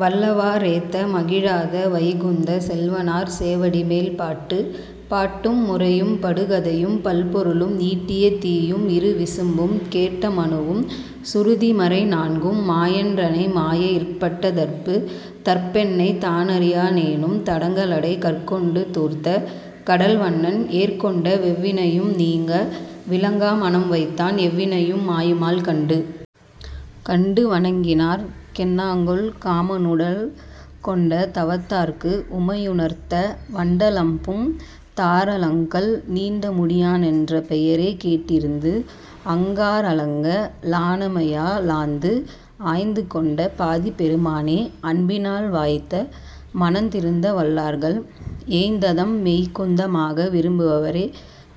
வல்லவா றேத்த மகிழாத, வைகுந்தச் செல்வனார் சேவடிமேல் பாட்டு. பாட்டும் முறையும் படுகதையும் பல்பொருளும் ஈட்டிய தீயும் இருவிசும்பும்,- கேட்ட மனுவும் சுருதி மறைநான்கும் மாயன் றனமாயை யிற்பட்ட தற்பு. தற்பென்னைத் தானறியா னேலும், தடங்கடலைக் கற்கொண்டு தூர்த்த கடல்வண்ணன், எற்கொண்ட வெவ்வினையும் நீங்க விலங்கா மனம்வைத்தான், எவ்வினையும் மாயுமால் கண்டு. கண்டு வணங்கினார்க் கென்னாங்கொல், காமனுடல் கொண்ட தவத்தாற்க்கு உமையுணர்த்த, வண்டலம்பும் தாரலங்கல் நீண்முடியான் றன்பெயரே கேட்டிருந்து, அங் காரலங்க லானமையா லாய்ந்து. ஆய்ந்துகொண்ட டாதிப் பெருமானை, அன்பினால் வாய்ந்த மனதிருத்த வல்லார்கள், ஏய்ந்ததம் மெய்குந்த மாக விரும்புவரே,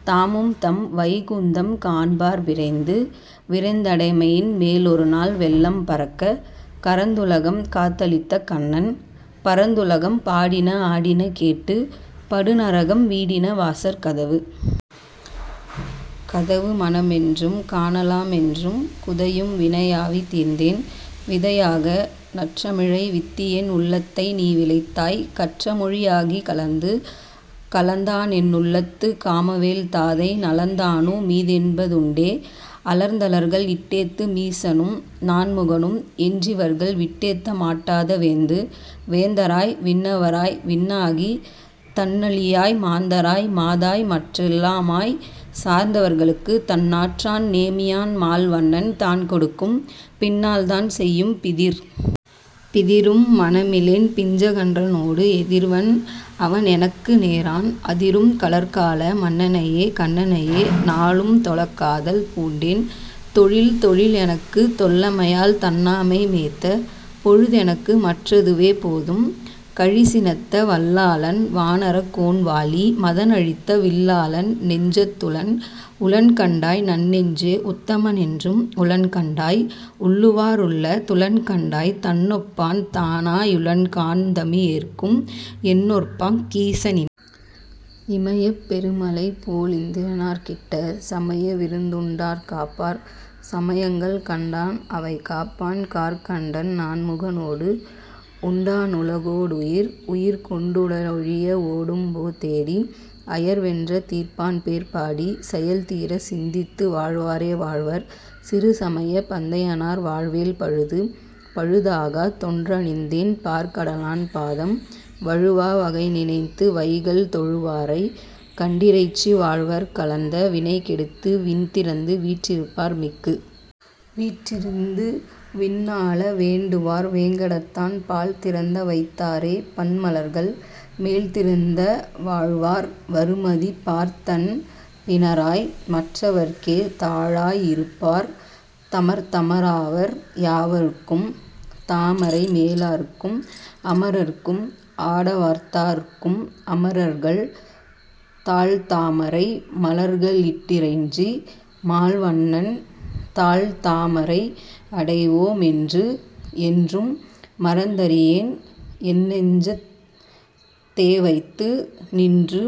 தாமும்தம் வைகுந்தம் காண்பார் விரைந்து. விரைந்தடைமின் மேலொருநாள் வெள்ளம் பரக்க, கரந்துலகம் காத்தளித்த கண்ணன், பரந்துலகம் பாடின ஆடின கேட்டு, படுநரகம் வீடின வாசற் கதவு. கதவு மனமென்றும் காணலா மென்றும், குதையும் வினையாவி தீர்ந்தேன், விதையாக நற்றமிழை வித்தியென் உள்ளத்தை நீவிளைத்தாய், கற்றமொழி யாகிக் கலந்து. கலந்தானென் னுள்ளத்துக் காமவேள் தாதை நலந்தானு மீதொப்ப துண்டே?, அலர்ந்தலர்கள் இட்டேத்து மீசனும் நான்முகனும், என்றிவர்கள் விட்டேத்த மாட்டாத வேந்து. வேந்தராய் விண்ணவராய் விண்ணாகித் தண்ணளியாய் மாந்தராய் மாதாய்மற் றெல்லாமாய், சார்ந்தவர்க்குத் தன்னாற்றான் நேமியான் மால்வண்ணன் தான்கொடுக்கும், பின்னால்தான் செய்யும் பிதிர். பிதிரும் மனமிலேன் பிஞ்ஞகன் றன்னோடு, எதிர்வன் அவனெனக்கு நேரான், அதிரும் கழற்கால மன்னனையே கண்ணனையே, நாளும் தொழக்காதல் பூண்டேன் தொழில். தொழிலெனக்குத் தொல்லைமால் தன்னாம மேத்த, பொழுதெனக்கு மற்றதுவே போதும், கழிசினத்த வல்லாளன் வானரக்கோன் வாலி மதனழித்த, வில்லாளன் நெஞ்சத் துளன். உளன்கண்டாய் நன்நெஞ்சே. உத்தம னென்றும் உளன்கண்டாய், உள்ளுவா ருள்ளத், துளன்கண்டாய் தன்னொப்பான் தானா யுளன்காண் தமியேற்கும், என்னொப்பார்க் கீச னிமை. இமையப் பெருமலைபோ லிந்திரனார்க் கிட்ட, சமய விருந்துண்டார் காப்பார், சமயங்கள் கண்டான் அவைகாப்பான் கார்க்கண்டன் நான்முகனோடு உண்டா னுலகோ டுயிர். உயிர்கொண் டுடலொழிய ஓடும்போ தேடி, அயர்வென்ற தீர்ப்பான்பேர் பாடி, செயல்தீரச் சிந்தித்து வாழ்வாரே வாழ்வார், சிறுசமயப் பந்தனையார் வாழ்வேல் பழுது. பழுதாகா தொன்றறிந்தேன் பாற்கடலான் பாதம், வழுவா வகைநினைந்து வைகல் தொழுவாரை, கண்டிறைஞ்சி வாழ்வார் கலந்த வினைகெடுத்து விண்திறந்து வீற்றிருப்பார் மிக்கு. வீற்றிருந்து விண்ணாள வேண்டுவார், வேங்கடத்தான் பால்திருந்த வைத்தாரே பன்மலர்கள், மேல்திருந்த வாழ்வார் வருமதிபார்த் தன்பினராய், மற்றவர்க்கே தாழா யிருப்பார் தமர் தமராவர் யாவருக்கும் தாமரைமே லாற்கும் அமரர்க்கும் ஆடரவார்த் தாற்கும் அமரர்கள் தாள்தா மரைமலர்க ளிட்டிறைஞ்சி, மால்வண்ணன் தாள்தா மரையடைவோ மென்று என்றும் மறந்தறியேன் என்னெஞ்சத் தேவைத்து நின்று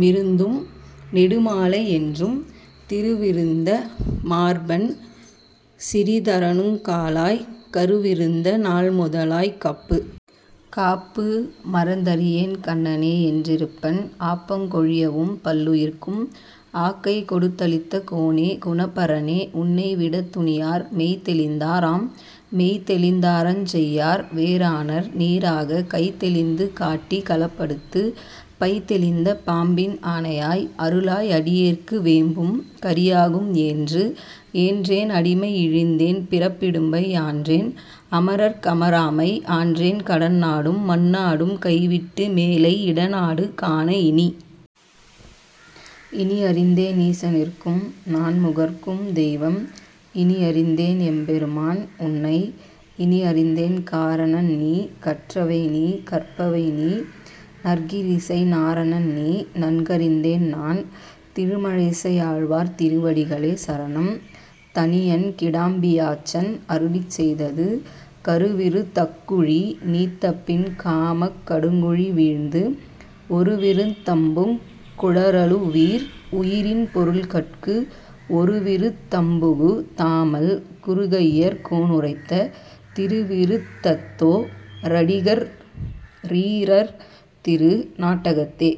மிருந்தும் நெடுமாலை என்றும் திருவிருந்த மார்பன் சிரீதரனுக் காளாய், கருவிருந்த நாள்முதலாக் காப்பு. காப்பு மறந்தறியேன் கண்ணனே யென்றிருப்பன் ஆப்பங் கொழியவும் பல்லுயிர்க்கும், ஆக்கை கொடுத்தளித்த கோனே குணப்பரனே, உன்னை விடத்துணியார் மெய்தெளிந்தார் தாம். மெய்தெளிந்தா ரெஞ்செய்யார்? வேறானார் நீறாக கைதெளிந்து காட்டிக் களப்படுத்து, பைதெளிந்த பாம்பின் ஆனையாய். அருளாய் அடியேற்கு வேம்பும் கறியாகும் ஏன்று. ஏன்றேன் அடிமை இழிந்தேன் பிறப்பிடும்பை ஆன்றேன் அமரர்க் கமராமை, ஆன்றேன் கடன்நாடும் மண்ணாடும் கைவிட்டு, மேலை இடநாடு காண இனி. இனியறிந்தே னீசற்கும் நான்முகற்கும் தெய்வம் இனியறிந்தேன் எம்பெருமான். உன்னை, இனியறிந்தேன் காரணன்நீ கற்றவைநீ கற்பவைநீ, நற்கிரிசை நாரணன்நீ நன்கறிந்தேன் நான். திருமழிசையாழ்வார் திருவடிகளே சரணம். தனியன் கிடாம்பியாச்சான் அருளிச்செய்தது கருவிருத் தக்குழி நீத்தபின் காமக் கடுங்குழிவீழ்ந்து, ஒருவிருத் தம்புக் குழலுறு வீர். உயி ரின்பொருள்கட்கு, ஒருவிருத் தம்புகு தாமல் குருகையர் கோனுரைத்த, திருவிருத் தத்தோ ரடிகற் றிரீர்திரு நாட்டகத்தே.